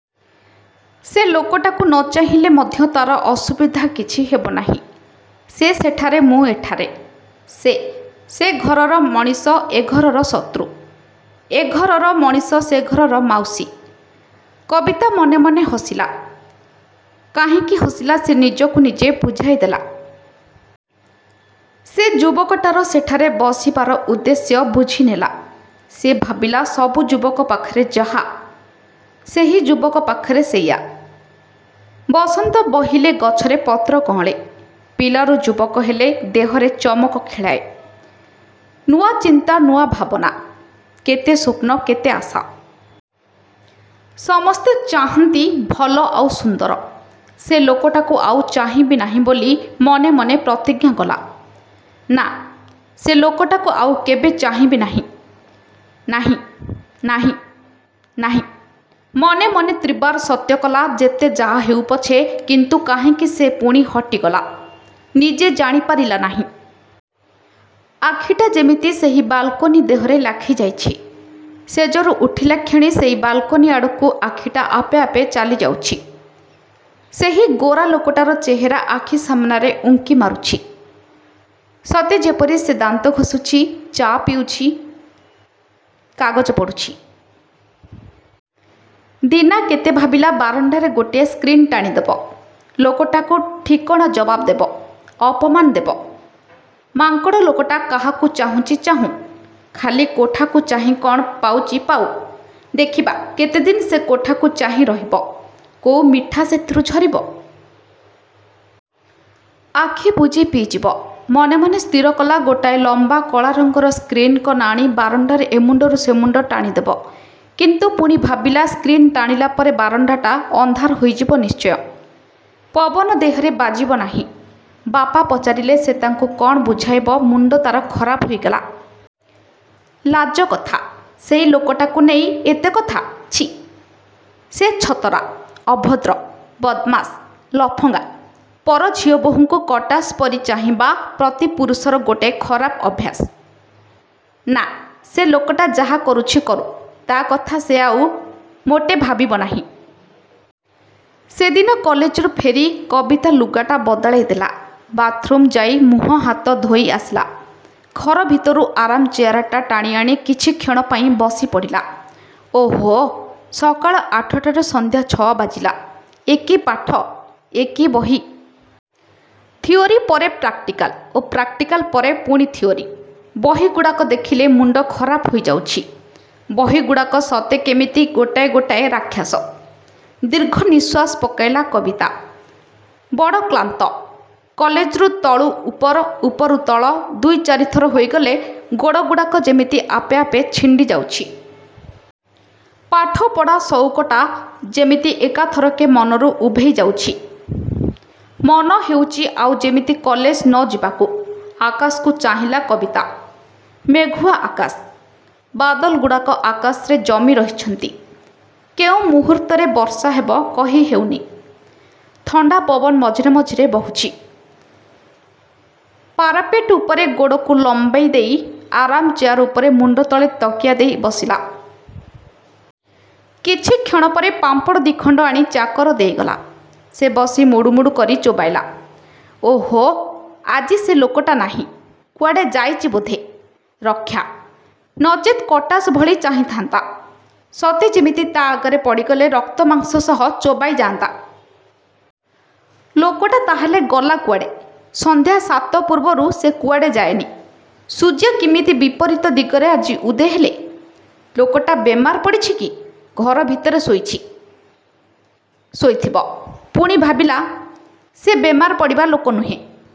ସେ ଲୋକଟାକୁ ନ ଚାହିଁଲେ ମଧ୍ୟ ତା'ର ଅସୁବିଧା କିଛି ହେବନାହିଁ। ସେ ସେଠାରେ ମୁଁ ଏଠାରେ। ସେ, ସେ ଘରର ମଣିଷ ଏ ଘରର ଶତ୍ରୁ। ଏ ଘରର ମଣିଷ ସେ ଘରର ମାଉସୀ। କବିତା ମନେ ମନେ ହସିଲା। କାହିଁକି ହସିଲା ସେ ନିଜକୁ ନିଜେ ବୁଝାଇ ଦେଲା। ସେ ଯୁବକଟାର ସେଠାରେ ବସିବାର ଉଦ୍ଦେଶ୍ୟ ବୁଝିନେଲା। ସେ ଭାବିଲା ସବୁ ଯୁବକ ପାଖରେ ଯାହା, ସେହି ଯୁବକ ପାଖରେ ସେଇଆ। ବସନ୍ତ ବହିଲେ ଗଛରେ ପତ୍ର କଅଁଳେ। ପିଲାରୁ ଯୁବକ ହେଲେ ଦେହରେ ଚମକ ଖେଳାଏ। ନୂଆ ଚିନ୍ତା ନୂଆ ଭାବନା, କେତେ ସ୍ୱପ୍ନ କେତେ ଆଶା। ସମସ୍ତେ ଚାହାଁନ୍ତି ଭଲ ଆଉ ସୁନ୍ଦର। ସେ ଲୋକଟାକୁ ଆଉ ଚାହିଁବ ନାହିଁ ବୋଲି ମନେ ମନେ ପ୍ରତିଜ୍ଞା କଲା। ନାଁ, ସେ ଲୋକଟାକୁ ଆଉ କେବେ ଚାହିଁବି ନାହିଁ। ନାହିଁ ନାହିଁ, ନାହିଁ। ମନେ ମନେ ତ୍ରିବାର ସତ୍ୟକଲା ଯେତେ ଯାହା ହେଉପଛେ। କିନ୍ତୁ କାହିଁକି ସେ ପୁଣି ହଟିଗଲା, ନିଜେ ଜାଣି ପାରିଲା ନାହିଁ। ଆଖିଟା ଯେମିତି ସେହି ବାଲକୋନି ଦେହରେ ଲାଖି ଯାଇଛି। ଶେଯରୁ ଉଠିଲାକ୍ଷଣି ସେହି ବାଲକୋନି ଆଡ଼କୁ ଆଖିଟା ଆପେ ଆପେ ଚାଲିଯାଉଛି। ସେହି ଗୋରା ଲୋକଟାର ଚେହେରା ଆଖି ସାମନାରେ ଉଙ୍କି ମାରୁଛି। ସତେ ଯେପରି ସେ ଦାନ୍ତ ଘଷୁଛି, ଚା' ପିଉଛି, କାଗଜ ପଢ଼ୁଛି। ଦିନାକେତେ ଭାବିଲା ବାରଣ୍ଡାରେ ଗୋଟାଏ ସ୍କ୍ରିନ୍ ଟାଣିଦେବ। ଲୋକଟାକୁ ଠିକଣା ଜବାବ୍ ଦେବ। ଅପମାନ ଦେବ। ମାଙ୍କଡ଼ ଲୋକଟା କାହାକୁ ଚାହୁଁଛି ଚାହୁଁ। ଖାଲି କୋଠାକୁ ଚାହିଁ କ'ଣ ପାଉଛି ପାଉ। ଦେଖିବା କେତେଦିନ ସେ କୋଠାକୁ ଚାହିଁ ରହିବ? କୋଉ ମିଠା ସେଥିରୁ ଝରିବ। ଆଖିବୁଜି ପିଇଯିବ। ମନେ ମନେ ସ୍ଥିର କଲା ଗୋଟାଏ ଲମ୍ୱା କଳା ରଙ୍ଗର ସ୍କ୍ରିନ୍ କନା ଆଣି ବାରଣ୍ଡାରେ ଏମୁଣ୍ଡରୁ ସେମୁଣ୍ଡ ଟାଣି ଦେବ। କିନ୍ତୁ ପୁଣି ଭାବିଲା ସ୍କ୍ରିନ୍ ଟାଣିଲା ପରେ ବାରଣ୍ଡାଟା ଅନ୍ଧାର ହୋଇଯିବ ନିଶ୍ଚୟ। ପବନ ଦେହରେ ବାଜିବ ନାହିଁ। ବାପା ପଚାରିଲେ ସେ ତାଙ୍କୁ କ'ଣ ବୁଝାଇବ ମୁଣ୍ଡ ତା'ର ଖରାପ ହୋଇଗଲା। ଲାଜକଥା, ସେହି ଲୋକଟାକୁ ନେଇ ଏତେ କଥା। ଛି, ସେ ଛତରା, ଅଭଦ୍ର, ବଦମାସ, ଲଫଙ୍ଗା, ପର ଝିଅ ବୋହୂଙ୍କୁ କଟାସ ପରି ଚାହିଁବା ପ୍ରତି ପୁରୁଷର ଗୋଟାଏ ଖରାପ ଅଭ୍ୟାସ। ନାଁ ସେ ଲୋକଟା ଯାହା କରୁଛି କରୁ। ତା' କଥା ସେ ଆଉ ମୋଟେ ଭାବିବ ନାହିଁ। ସେଦିନ କଲେଜରୁ ଫେରି କବିତା ଲୁଗାଟା ବଦଳାଇ ଦେଲା। ବାଥ୍ରୁମ୍କୁ ଯାଇ ମୁହଁ ହାତ ଧୋଇ ଆସିଲା, ଘର ଭିତରୁ ଆରାମ୍ ଚେୟାରଟା ଟାଣିଆଣି କିଛିକ୍ଷଣ ପାଇଁ ବସିପଡ଼ିଲା। ଓଃହୋଃ ସକାଳ ଆଠରୁ ସନ୍ଧ୍ୟା ଛଅ ବାଜିଲା। ଏ କି ପାଠ। ଏ କି ବହି। ଥିଓରି ପରେ ପ୍ରାକ୍ଟିକାଲ ଓ ପ୍ରାକ୍ଟିକାଲ ପରେ ପୁଣି ଥିଓରି। ବହିଗୁଡ଼ାକ ଦେଖିଲେ ମୁଣ୍ଡ ଖରାପ ହୋଇଯାଉଛି। ବହିଗୁଡ଼ାକ ସତେ କେମିତି ଗୋଟାଏ ଗୋଟାଏ ରାକ୍ଷସ। ଦୀର୍ଘନିଶ୍ୱାସ ପକାଇଲା କବିତା। ବଡ଼ କ୍ଳାନ୍ତ। କଲେଜରୁ ତଳୁ ଉପର, ଉପରୁ ତଳ ଦୁଇ ଚାରିଥର ହୋଇଗଲେ ଗୋଡ଼ଗୁଡ଼ାକ ଯେମିତି ଆପେ ଆପେ ଛିଣ୍ଡି ଯାଉଛି। ପାଠପଢ଼ା ସଉକଟା ଯେମିତି ଏକାଥରକେ ମନରୁ ଉଭେଇ ଯାଉଛି। ମନ ହେଉଛି ଆଉ ଯେମିତି କଲେଜ ନ ଯିବାକୁ। ଆକାଶକୁ ଚାହିଁଲା କବିତା। ମେଘୁଆ ଆକାଶ। ବାଦଲଗୁଡ଼ାକ ଆକାଶରେ ଜମି ରହିଛନ୍ତି। କେଉଁ ମୁହୂର୍ତ୍ତରେ ବର୍ଷାହେବ କହି ହେଉନି। ଥଣ୍ଡାପବନ ମଝିରେ ମଝିରେ ବହୁଛି। ପାରାପେଟ୍ ଉପରେ ଗୋଡ଼କୁ ଲମ୍ୱାଇଦେଇ ଆରାମ୍ ଚେୟାର ଉପରେ ମୁଣ୍ଡତଳେ ତକିଆ ଦେଇ ବସିଲା। କିଛିକ୍ଷଣ ପରେ ପାମ୍ପଡ଼ ଦି'ଖଣ୍ଡ ଆଣି ଚାକର ଦେଇଗଲା। ସେ ବସି ମୁଡ଼ୁମୁଡ଼ୁ କରି ଚୋବାଇଲା। ଓଃ ହୋଃ ଆଜି ସେ ଲୋକଟା ନାହିଁ। କୁଆଡ଼େ ଯାଇଛି ବୋଧେ। ରକ୍ଷା, ନଚେତ୍ କଟାସ ଭଳି ଚାହିଁଥାନ୍ତା। ସତେ ଯେମିତି ତା' ଆଗରେ ପଡ଼ିଗଲେ ରକ୍ତମାଂସ ସହ ଚୋବାଇଯାନ୍ତା। ଲୋକଟା ତା' ହେଲେ ଗଲା କୁଆଡ଼େ? ସନ୍ଧ୍ୟା ସାତ ପୂର୍ବରୁ ସେ କୁଆଡ଼େ ଯାଏନି। ସୂର୍ଯ୍ୟ କିମିତି ବିପରୀତ ଦିଗରେ ଆଜି ଉଦୟ ହେଲେ? ଲୋକଟା ବେମାର ପଡ଼ିଛି କି? ଘର ଭିତରେ ଶୋଇଛି। ଶୋଇଥିବ। ପୁଣି ଭାବିଲା, ସେ ବେମାର ପଡ଼ିବା ଲୋକ ନୁହେଁ।